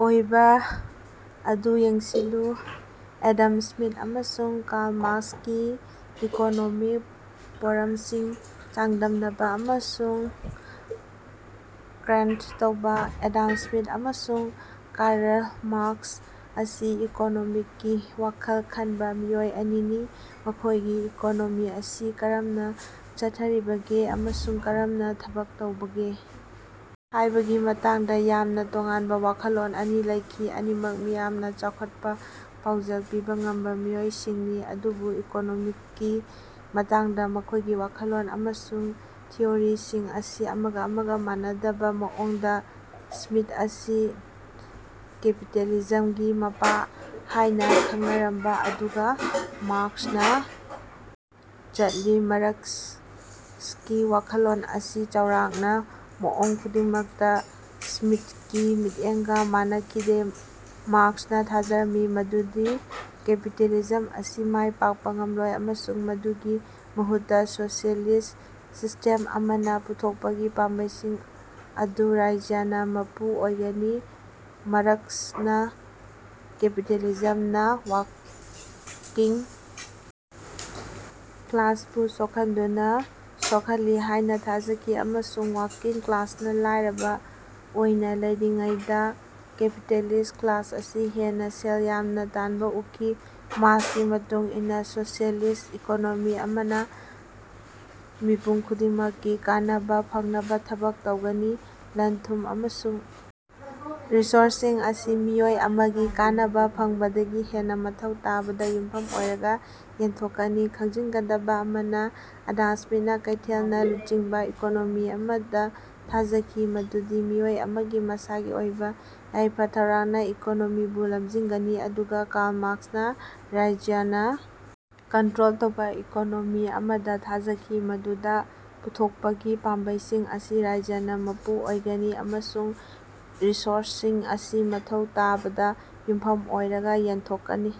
ꯑꯣꯏꯕ ꯑꯗꯨꯌꯦꯡꯁꯤꯜꯂꯨ꯫ Adam Smith ꯑꯃꯁꯨꯡ ꯀꯥꯔꯜ ꯃꯥꯔꯛꯁꯀꯤ ꯏꯀꯣꯅꯣꯃꯤꯛ ꯄꯣꯔꯝꯁꯤꯡ ꯆꯥꯡꯗꯝꯅꯕ ꯑꯃꯁꯨꯡ ꯀ꯭ꯔꯦꯟꯠ ꯇꯧꯕ꯫ ꯑꯦꯗꯝ ꯁ꯭ꯃꯤꯊ ꯑꯃꯁꯨꯡ ꯀꯥꯔꯜ ꯃꯥꯔꯛꯁ ꯑꯁꯤ ꯏꯀꯣꯅꯣꯃꯤꯒꯤ ꯋꯥꯈꯜ ꯈꯟꯕ ꯃꯤꯑꯣꯏ ꯑꯅꯤꯅꯤ, ꯃꯈꯣꯏꯒꯤ ꯏꯀꯣꯅꯣꯃꯤ ꯑꯁꯤ ꯀꯔꯝꯅ ꯆꯠꯊꯔꯤꯕꯒꯦ ꯑꯃꯁꯨꯡ ꯀꯔꯝꯅ ꯊꯕꯛ ꯇꯧꯕꯒꯦ ꯍꯥꯏꯕꯒꯤ ꯃꯇꯥꯡꯗ ꯌꯥꯝꯅ ꯇꯣꯉꯥꯟꯕ ꯋꯥꯈꯜꯂꯣꯟ ꯑꯅꯤ ꯂꯩꯈꯤ꯫ ꯑꯅꯤꯃꯛ ꯃꯤꯌꯥꯝꯗ ꯆꯥꯎꯈꯠꯄ ꯄꯥꯎꯖꯦꯜ ꯄꯤꯕ ꯉꯝꯕ ꯃꯤꯑꯣꯏꯁꯤꯡꯅꯤ, ꯑꯗꯨꯕꯨ ꯏꯀꯣꯅꯣꯃꯤꯛꯀꯤ ꯃꯇꯥꯡꯗ ꯃꯈꯣꯏꯒꯤ ꯋꯥꯈꯜꯂꯣꯟ ꯑꯃꯁꯨꯡ ꯊꯤꯑꯣꯔꯤꯁꯤꯡ ꯑꯁꯤ ꯑꯃꯒ-ꯑꯃꯒ ꯃꯥꯟꯅꯗꯕ ꯃꯑꯣꯡꯗ, ꯁ꯭ꯃꯤꯊ ꯑꯁꯤ ꯀꯦꯄꯤꯇꯦꯂꯤꯖꯝꯒꯤ ꯃꯄꯥ ꯍꯥꯏꯅ ꯈꯪꯅꯔꯝꯕꯥ ꯑꯗꯨꯒꯥ ꯃꯥꯔꯛꯁꯅꯥ ꯆꯠꯂꯤ꯫ ꯃꯥꯔꯛꯁꯀꯤ ꯋꯥꯈꯜꯂꯣꯟ ꯑꯁꯤ ꯆꯥꯎꯔꯥꯛꯅ ꯃꯑꯣꯡ ꯈꯨꯗꯤꯡꯃꯛꯇ ꯁ꯭ꯃꯤꯊꯀꯤ ꯃꯤꯠꯌꯦꯡꯒ ꯃꯥꯟꯅꯈꯤꯗꯦ꯫ ꯃꯥꯔꯛꯁꯅ ꯊꯥꯖꯔꯝꯃꯤ ꯃꯗꯨꯗꯤ ꯀꯦꯄꯤꯇꯦꯂꯤꯖꯝ ꯑꯁꯤ ꯃꯥꯏ ꯄꯥꯛꯄ ꯉꯝꯂꯣꯏ ꯑꯃꯁꯨꯡ ꯃꯗꯨꯒꯤ ꯃꯍꯨꯠꯇ ꯁꯣꯁꯤꯑꯦꯂꯤꯁ꯭ꯠ ꯁꯤꯁ꯭ꯇꯦꯝ ꯑꯃꯅ ꯄꯨꯊꯣꯛꯄꯒꯤ ꯄꯥꯝꯕꯩꯁꯤꯡ ꯑꯗꯨ ꯔꯥꯖ꯭ꯌꯅ ꯃꯄꯨ ꯑꯣꯏꯒꯅꯤ꯫ ꯃꯥꯔꯛꯁꯅ ꯀꯦꯄꯤꯇꯦꯂꯤꯖꯝꯅ ꯋꯥꯔꯀꯤꯡ ꯀ꯭ꯂꯥꯁꯄꯨ ꯁꯣꯛꯍꯟꯗꯨꯅ ꯁꯣꯛꯍꯜꯂꯤ ꯍꯥꯏꯅ ꯊꯥꯖꯈꯤ ꯑꯃꯁꯨꯡ ꯋꯥꯛꯀꯤꯡ ꯀ꯭ꯂꯥꯁꯅ ꯂꯥꯏꯔꯕ ꯑꯣꯏꯅ ꯂꯩꯔꯤꯉꯩꯗ ꯀꯦꯄꯤꯇꯦꯂꯤꯁ ꯀ꯭ꯂꯥꯁ ꯑꯁꯤ ꯍꯦꯟꯅ ꯁꯦꯜ ꯌꯥꯝꯅ ꯇꯥꯟꯕ ꯎꯈꯤ꯫ ꯃꯥꯔꯛꯁꯀꯤ ꯃꯇꯨꯡ ꯏꯟꯅ ꯁꯣꯁꯤꯑꯦꯂꯤꯁ꯭ꯠ ꯏꯀꯣꯅꯣꯃꯤ ꯑꯃꯅ ꯃꯤꯄꯨꯝ ꯈꯨꯗꯤꯡꯃꯛꯀꯤ ꯀꯥꯟꯅꯕ ꯐꯪꯅꯕ ꯊꯕꯛ ꯇꯧꯒꯅꯤ, ꯂꯟ-ꯊꯨꯝ ꯑꯃꯁꯨꯡ ꯔꯤꯁꯣꯔꯁꯁꯤꯡ ꯑꯁꯤ ꯃꯤꯑꯣꯏ ꯑꯃꯒꯤ ꯀꯥꯟꯅꯕ ꯐꯪꯕꯗꯒꯤ ꯍꯦꯟꯅ ꯃꯊꯧ ꯇꯥꯕꯗ ꯌꯨꯝꯐꯝ ꯑꯣꯏꯔꯒ ꯌꯦꯟꯊꯣꯛꯀꯅꯤ꯫ ꯈꯪꯖꯤꯟꯒꯗꯕ ꯑꯃꯅ, ꯑꯦꯗꯝ ꯁ꯭ꯃꯤꯊꯅ ꯀꯩꯊꯦꯜꯅ ꯂꯨꯆꯤꯡꯕ ꯏꯀꯣꯅꯣꯃꯤ ꯑꯃꯗ ꯊꯥꯖꯈꯤ ꯃꯗꯨꯗꯤ ꯃꯤꯑꯣꯏ ꯑꯃꯒꯤ ꯃꯁꯥꯒꯤ ꯑꯣꯏꯕ ꯌꯥꯏꯐ-ꯊꯧꯔꯥꯡꯅ ꯏꯀꯣꯅꯣꯃꯤꯕꯨ ꯂꯝꯖꯤꯡꯒꯅꯤ, ꯑꯗꯨꯒ ꯀꯥꯜ ꯃꯥꯔꯛꯁꯅ ꯔꯥꯖ꯭ꯌꯅ ꯀꯟꯇ꯭ꯔꯣꯜ ꯇꯧꯕ ꯏꯀꯣꯅꯣꯃꯤ ꯑꯃꯗ ꯊꯥꯖꯈꯤ ꯃꯗꯨꯗ ꯄꯨꯊꯣꯛꯄꯒꯤ ꯄꯥꯝꯕꯩꯁꯤꯡ ꯑꯁꯤ ꯔꯥꯖ꯭ꯌꯅ ꯃꯄꯨ ꯑꯣꯏꯒꯅꯤ, ꯑꯃꯁꯨꯡ ꯔꯤꯁꯣꯔꯁꯁꯤꯡ ꯑꯁꯤ ꯃꯊꯧ ꯇꯥꯕꯗ ꯌꯨꯝꯐꯝ ꯑꯣꯏꯔꯒ ꯌꯦꯟꯊꯣꯛꯀꯅꯤ꯫